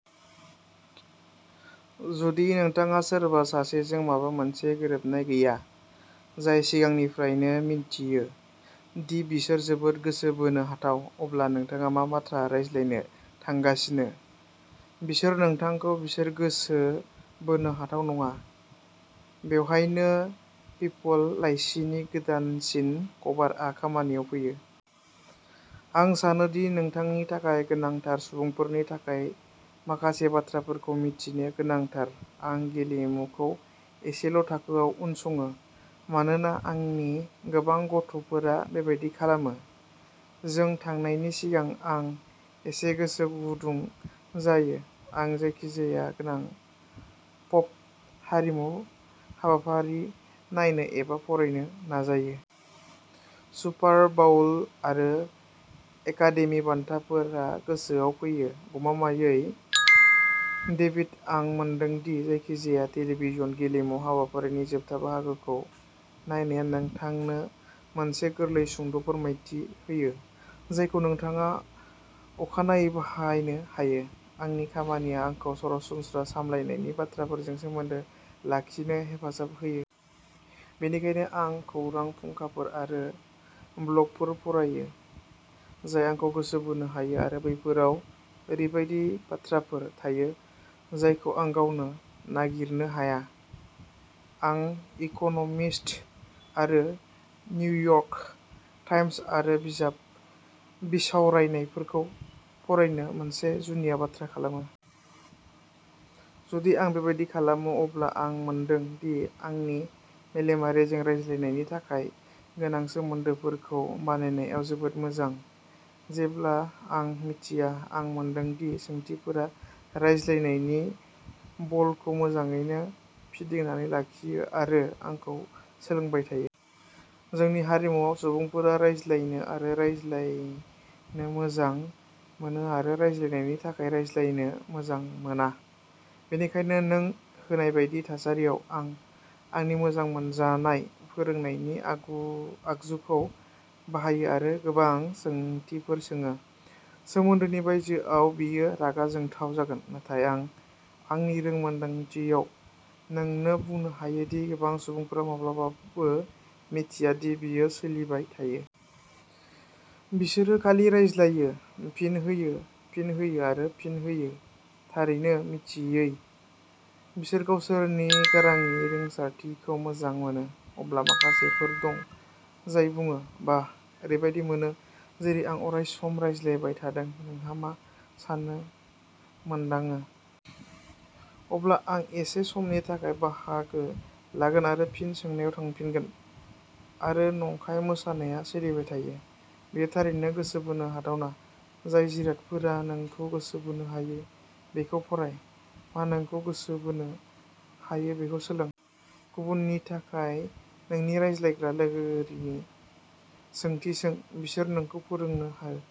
जुदि नोंथांहा सोरबा सासेजों माबा मोनसे गोरोबनाय गैया, जाय सिगांनिफ्रायनो मिन्थियो दि बिसोर जोबोद गोसो बोनो हाथाव, अब्ला नोंथाङा मा बाथ्रा रायज्लायनो थांगासिनो? बिसोर नोंथांखौ बिसोर गोसो बोनो हाथाव नङा। बेवहायनो पिपल लाइसिनि गोदानसिन कभारआ खामानियाव फैयो। आं सानो दि नोंथांनि थाखाय गोनांथार सुबुंफोरनि थाखाय माखासे बाथ्राफोरखौ मिथिनाया गोनांथार। आं गेलेमुखौ एसेल' थाखोआव उनसङो मानोना आंनि गोबां गथ' फोरा बेबादि खालामो। जों थांनायनि सिगां आं एसे गोसो गुदुं जायो। आं जायखिजाया गोनां पप हारिमु हाबाफारि नायनो एबा फरायनो नाजायो। सुपार बाउल आरो एकादेमि बान्थाफोरा गोसोआव फैयो। गमामायै, डेभिड, आं मोनदों दि जायखिजाया टेलिभिजन गेलेमु हाबाफारिनि जोबथा बाहागोखौ नायनाया नोंथांनो मोनसे गोरलै सुंद' फोरमायथि होयो, जायखौ नोंथाङा अखानायै बाहायनो हायो। आंनि खामानिया आंखौ सरासनस्रा सामलायनायनि बाथ्राफोरजों सोमोन्दो लाखिनो हेफाजाब होयो। बेनिखायनो आं खौरां फुंखाफोर आरो ब्लगफोर फरायो जाय आंखौ गोसो बोनो हायो आरो बैफोराव ओरैबायदि बाथ्राफोर थायो जायखौ आं गावनो नागिरनो हाया। आं इक'न'मिस्ट आरो निउयर्क टाइम्स आरो बिजाब बिसावरायनायफोरखौ फरायनो मोनसे जुनिया बाथ्रा खालामो। जुदि आं बेबादि खालामो, अब्ला आं मोनदों दि आंनि मेलेमआ रेजें रायज्लायनायनि थाखाय गोनां सोमोन्दोफोरखौ बानायनायाव जोबोद मोजां। जेब्ला आं मिथिया, आं मोनदों दि सोंथिफोरा रायज्लायनायनि बलखौ मोजाङैनो फिदिंनानै लाखियो आरो आंखौ सोलोंबाय थायो। जोंनि हारिमुआव, सुबुंफोरा रायज्लायनो आरो रायज्लायनो मोजां मोनो आरो रायज्लायनायनि थाखाय रायज्लायनो मोजां मोना। बेनिखायनो, नों होनाय बायदि थासारियाव, आं आंनि मोजां मोनजानाय फोरोंनायनि आगजुखौ बाहायो आरो गोबां सोंथिफोर सोङो। सोमोन्दोनि बायजोआव बेयो रागा जोंथाव जागोन, नाथाय आं आंनि रोंमोन्दांथियाव नोंनो बुंनो हायो दि गोबां सुबुंफोरा माब्लाबाबो मिन्थिया दि बेयो सोलिबाय थायो। बिसोरो खालि रायज्लायो, फिन होयो, फिन होयो आरो फिन होयो थारैनो, मिथियै। बिसोर गावसोरनि गारांनि रिंसारथिखौ मोजां मोनो। अब्ला माखासेफोर दं जाय बुङो, "बाह, ओरैबायदि मोनो जेरै आं अरायसम रायज्लायबाय थादों, नोंहा मा सानो मोनदाङो?" अब्ला, आं एसे समनि थाखाय बाहागो लागोन आरो फिन सोंनायाव थांफिनगोन आरो नंखाय मोसानायआ सोलिबाय थायो। बेयो थारैनो गोसो बोनो हाथावना। जाय जिरादफोरा नोंखौ गोसो बोनो हायो बेखौ फराय। मा नोंखौ गोसो बोनो हायो बेखौ सोलों। गुबुननि थाखाय, नोंनि रायज्लायग्रा लोगोरिनि सोंथि सों। बिसोर नोंखौ फोरोंनो हो।